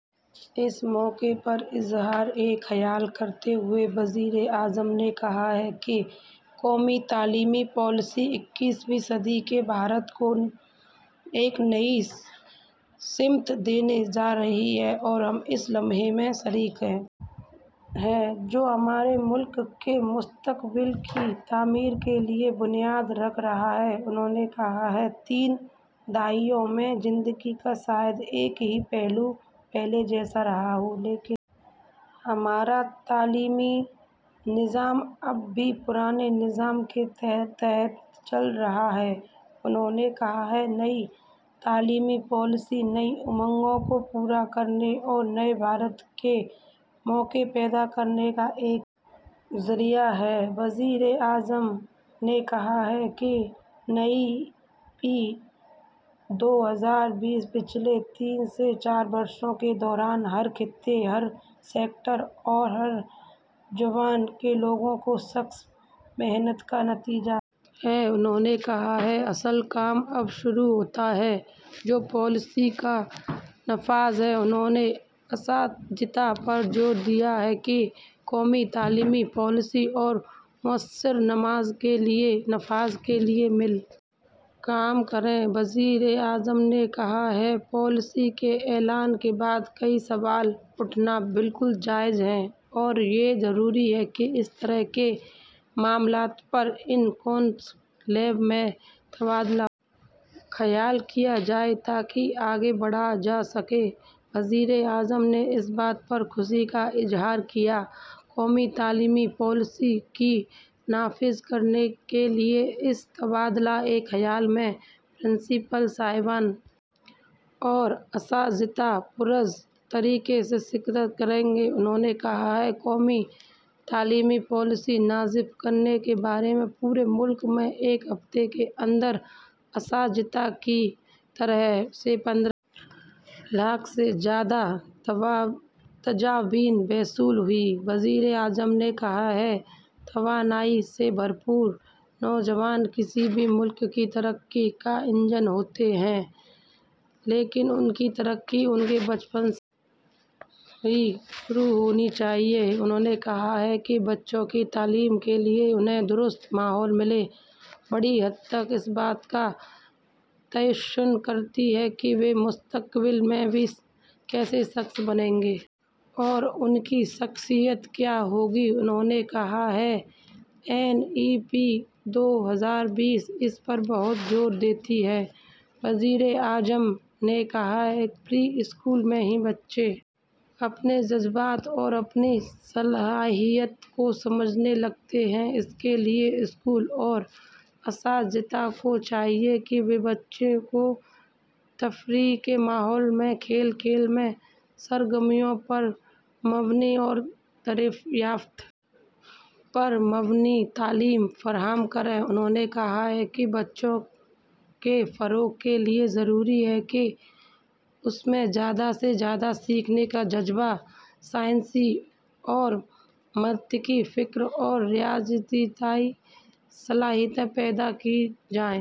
اس موقع پر اظہار خیال کرتے ہوئے وزیر اعظم نے کہا کہ قومی تعلیمی پالیسی اکیسویں صدی کے بھارت کو ایک نئی سمت دینے جا رہی ہے اور ہم اس لمحے میں شریک ہیں جو ہمارے ملک کے مستقبل کی تعمیر کے لیے بنیاد رکھ رہا ہے انہوں نے کہا کہ ان تین دہائیوں میں زندگی کا شاید ہی کوئی پہلو پہلے جیسا رہا ہو لیکن ہمارا تعلیمی نظام اب بھی پرانے نظام کے تحت چل رہا ہے انہوں نے کہا کہ نئی تعلیمی پالیسی نئی امنگوں کو پورا کرنے اور نئے بھارت کے مواقع پیدا کرنے کا ایک ذریعہ ہے وزیر اعظم نے کہا کہ این ای پی دو ہزار بیس پچھلے تین سے چار برسوں کے دوران ہر خطے ہر سیکٹر اور زبان کے لوگوں کی سخت محنت کا نتیجہ ہے انہوں نے کہا کہ اصل کام اب شروع ہوتا ہے جو پالیسی کا نفاذ ہے انہوں نے اساتذہ پر زور دیا کہ وہ قومی تعلیمی پالیسی کے مؤثر نفاذ کے لیے مل کر کام کریں وزیر اعظم نے کہا کہ پالیسی کے اعلان کے بعد کئی سوال اٹھنا بالکل جائز ہے اور یہ ضروری ہے کہ اس طرح کے معاملات پر اس کنکلیو میں تبادلہ خیال کیا جائے تاکہ آگے بڑھا جا سکے وزیر اعظم نے اس بات پر خوشی کا اظہار کیا کہ قومی تعلیمی پالیسی کو نافذ کرنے کے لیے اس تبادلہ خیال میں پرنسپل صاحبان اور اساتذہ پرجوش طریقے سے شرکت کر رہے ہیں انہوں نے کہا کہ قومی تعلیمی پالیسی نافذ کرنے کے بارے میں پورے ملک سے ایک ہفتے کے اندر اساتذہ کی طرف سے پندرہ لاکھ سے زیادہ تجاویز موصول ہوئی ہیں وزیر اعظم نے کہا کہ توانائی سے بھرپور نوجوان کسی بھی ملک کی ترقی کا انجن ہوتے ہیں لیکن ان کی ترقی ان کے بچپن سے ہی شروع ہونی چاہیے انہوں نے کہا کہ بچوں کی تعلیم کہ انہیں درست ماحول ملے بڑی حد تک اس بات کا تعین کرتی ہے کہ وہ مستقبل میں کیسے شخص بنیں گے اور ان کی شخصیت کیا ہو گی انہوں نے کہا کہ این ای پی دو ہزار بیس اس پر بہت زور دیتی ہے وزیر اعظم نے کہا کہ پری اسکول میں ہی بچے اپنے جذبات اور اپنی صلاحیت کو سمجھنے لگتے ہیں اس کے لیے اسکولوں اور اساتذہ کو چاہیے کہ وہ بچوں کو تفریح کے ماحول میں کھیل کھیل میں سرگرمیوں پر مبنی اور دریافت پر مبنی آموزش فراہم کریں انہوں نے کہا کہ بچے کے فروغ کے لیے ضروری ہے کہ اس میں زیادہ سے زیادہ سیکھنے کا جذبہ سائنسی اور منطقی فکر اور ریاضیاتی صلاحیتیں پیدا کی جائیں